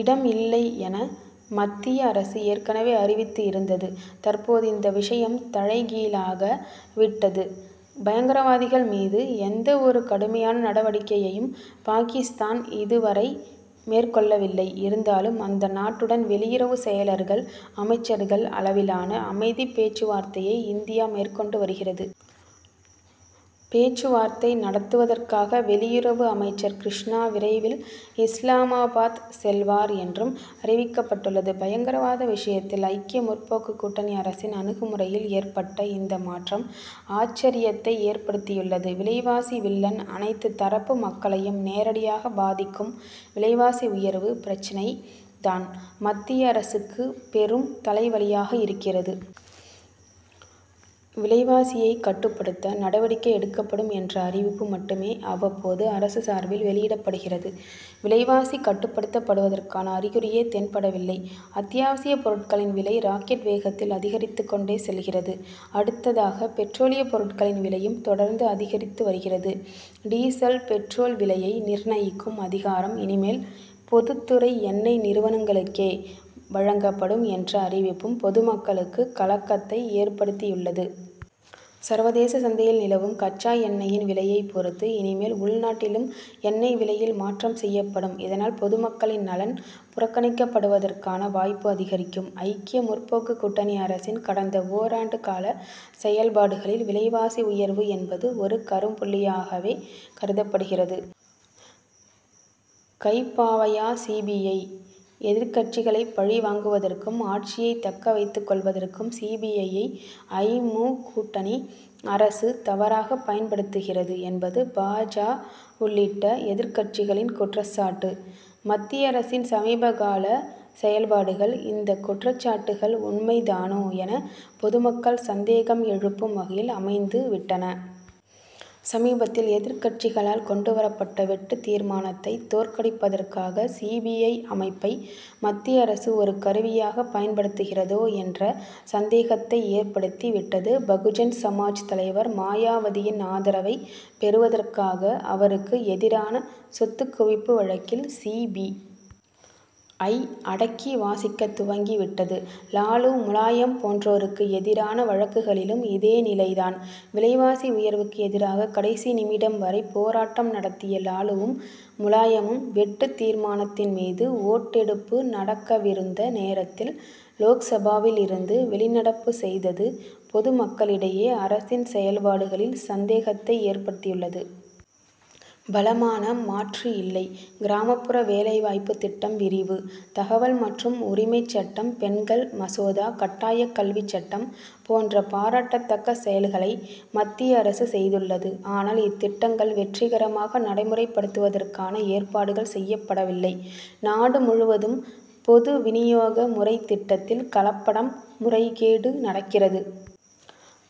இடம் இல்லை'என, மத்திய அரசு ஏற்கனவே அறிவித்து இருந்தது. தற்போது இந்த விஷயம் தழைகீழாக விட்டது. பயங்கரவாதிகள் மீது எந்த ஒரு கடுமையான நடவடிக்கையையும் பாகிஸ்தான் இதுவரை மேற்கொள்ளவில்லை. இருந்தாலும், அந்த நாட்டுடன் வெளியுறவு செயலர்கள், அமைச்சர்கள் அளவிலான அமைதி பேச்சுவார்த்தையை இந்தியா மேற்கொண்டு வருகிறது. பேச்சுவார்த்தை நடத்துவதற்காக வெளியுறவு அமைச்சர் கிருஷ்ணா, விரைவில் இஸ்லாமாபாத் செல்வார் என்றும் அறிவிக்கப்பட்டுள்ளது. பயங்கரவாத விஷயத்தில் ஐக்கிய முற்போக்கு கூட்டணி அரசின் அணுகுமுறையில் ஏற்பட்ட இந்த மாற்றம், ஆச்சர்யத்தை ஏற்படுத்தியுள்ளது. விலைவாசி வில்லன்: அனைத்து தரப்பு மக்களையும் நேரடியாக பாதிக்கும் விலைவாசி உயர்வு பிரச்னை தான், மத்திய அரசுக்கு பெரும் தலைவலியாக இருக்கிறது. விலைவாசியை கட்டுப்படுத்த நடவடிக்கை எடுக்கப்படும் என்ற அறிவிப்பு மட்டுமே, அவ்வப்போது அரசு சார்பில் வெளியிடப்படுகிறது. விலைவாசி கட்டுப்படுத்தப் படுவதற்கான அறிகுறியே தென்படவில்லை. அத்தியாவசியப் பொருட்களின் விலை ராக்கெட் வேகத்தில் அதிகரித்துக் கொண்டே செல்கிறது. அடுத்ததாக, பெட்ரோலிய பொருட்களின் விலையும் தொடர்ந்து அதிகரித்து வருகிறது. டீசல், பெட்ரோல் விலையை நிர்ணயிக்கும் அதிகாரம், இனிமேல் பொதுத் துறை எண்ணெய் நிறுவனங்களுக்கே வழங்கப்படும் என்ற அறிவிப்பும், பொதுமக்களுக்கு கலக்கத்தை ஏற்படுத்தியுள்ளது. சர்வதேச சந்தையில் நிலவும் கச்சா எண்ணெயின் விலையை பொறுத்து, இனிமேல் உள்நாட்டிலும் எண்ணெய் விலையில் மாற்றம் செய்யப்படும். இதனால், பொதுமக்களின் நலன் புறக்கணிக்கப்படுவதற்கான வாய்ப்பு அதிகரிக்கும். ஐக்கிய முற்போக்கு கூட்டணி அரசின் கடந்த ஓராண்டு கால செயல்பாடுகளில், விலைவாசி உயர்வு என்பது ஒரு கரும்புள்ளியாகவே கருதப்படுகிறது. கைப்பாவையா சி. பி. ஐ.,? எதிர்க்கட்சிகளை பழி வாங்குவதற்கும், ஆட்சியை தக்க வைத்துக் கொள்வதற்கும் சி. பி. ஐ.,யை ஐ. மு., கூட்டணி அரசு தவறாக பயன்படுத்துகிறது'என்பது பா. ஜ., உள்ளிட்ட எதிர்க்கட்சிகளின் குற்றச் சாட்டு. மத்திய அரசின் சமீபகால செயல்பாடுகள், இந்த குற்றச்சாட்டுகள் உண்மைதானோ என, பொதுமக்கள் சந்தேகம் எழுப்பும் வகையில் அமைந்து விட்டன. சமீபத்தில் எதிர்க்கட்சிகளால் கொண்டு வரப்பட்ட வெட்டுத் தீர்மானத்தை தோற்கடிப்பதற்காக, சி. பி. ஐ., அமைப்பை மத்திய அரசு ஒரு கருவியாக பயன்படுத்துகிறதோ என்ற சந்தேகத்தை ஏற்படுத்தி விட்டது. பகுஜன் சமாஜ் தலைவர் மாயாவதியின் ஆதரவை பெறுவதற்காக, அவருக்கு எதிரான சொத்துக் குவிப்பு வழக்கில் சி. பி. ஐ., அடக்கி வாசிக்கத் துவங்கி விட்டது. லாலு, முலாயம் போன்றோருக்கு எதிரான வழக்குகளிலும் இதே நிலை தான். விலைவாசி உயர்வுக்கு எதிராக கடைசி நிமிடம் வரை, போராட்டம் நடத்திய லாலுவும், முலாயமும், வெட்டுத் தீர்மானத்தின் மீது ஓட்டெடுப்பு நடக்கவிருந்த நேரத்தில் லோக்சபாவில் இருந்து வெளிநடப்பு செய்தது, பொதுமக்களிடையே அரசின் செயல்பாடுகளில் சந்தேகத்தை ஏற்படுத்தியுள்ளது. பலமான மாற்று இல்லை: கிராமப்புற வேலை வாய்ப்பு திட்டம் விரிவு, தகவல் அறியும் உரிமைச் சட்டம், பெண்கள் மசோதா, கட்டாய கல்வி சட்டம் போன்ற பாராட்டத் தக்க செயல்களை மத்திய அரசு செய்துள்ளது. ஆனால், இத்திட்டங்கள் வெற்றிகரமாக நடைமுறைப்படுத்துவதற்கான ஏற்பாடுகள் செய்யப்படவில்லை. நாடு முழுவதும் பொது வினியோக முறை திட்டத்தில் கலப்படம், முறைகேடு நடக்கிறது.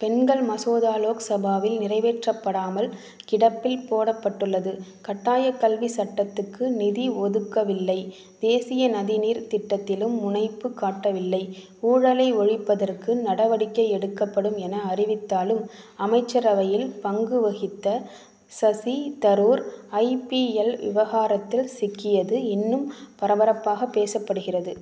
பெண்கள் மசோதா லோக்சபாவில் நிறைவேற்றப்படாமல் கிடப்பில் போடபட்டுள்ளது. கட்டாய கல்வி சட்டத்துக்கு நிதி ஒதுக்கவில்லை. தேசிய நதி நீர் திட்டத்திலும் முனைப்பு காட்டவில்லை. ஊழலை ஒழிப்பதற்கு நடவடிக்கை எடுக்கப்படும் என, அறிவித்தாலும், அமைச்சரவையில் பங்கு வகித்த Shashi Tharoor, I. P. L., விவகாரத்தில் சிக்கியது இன்னும் பரபரப்பாக பேசப்படுகிற.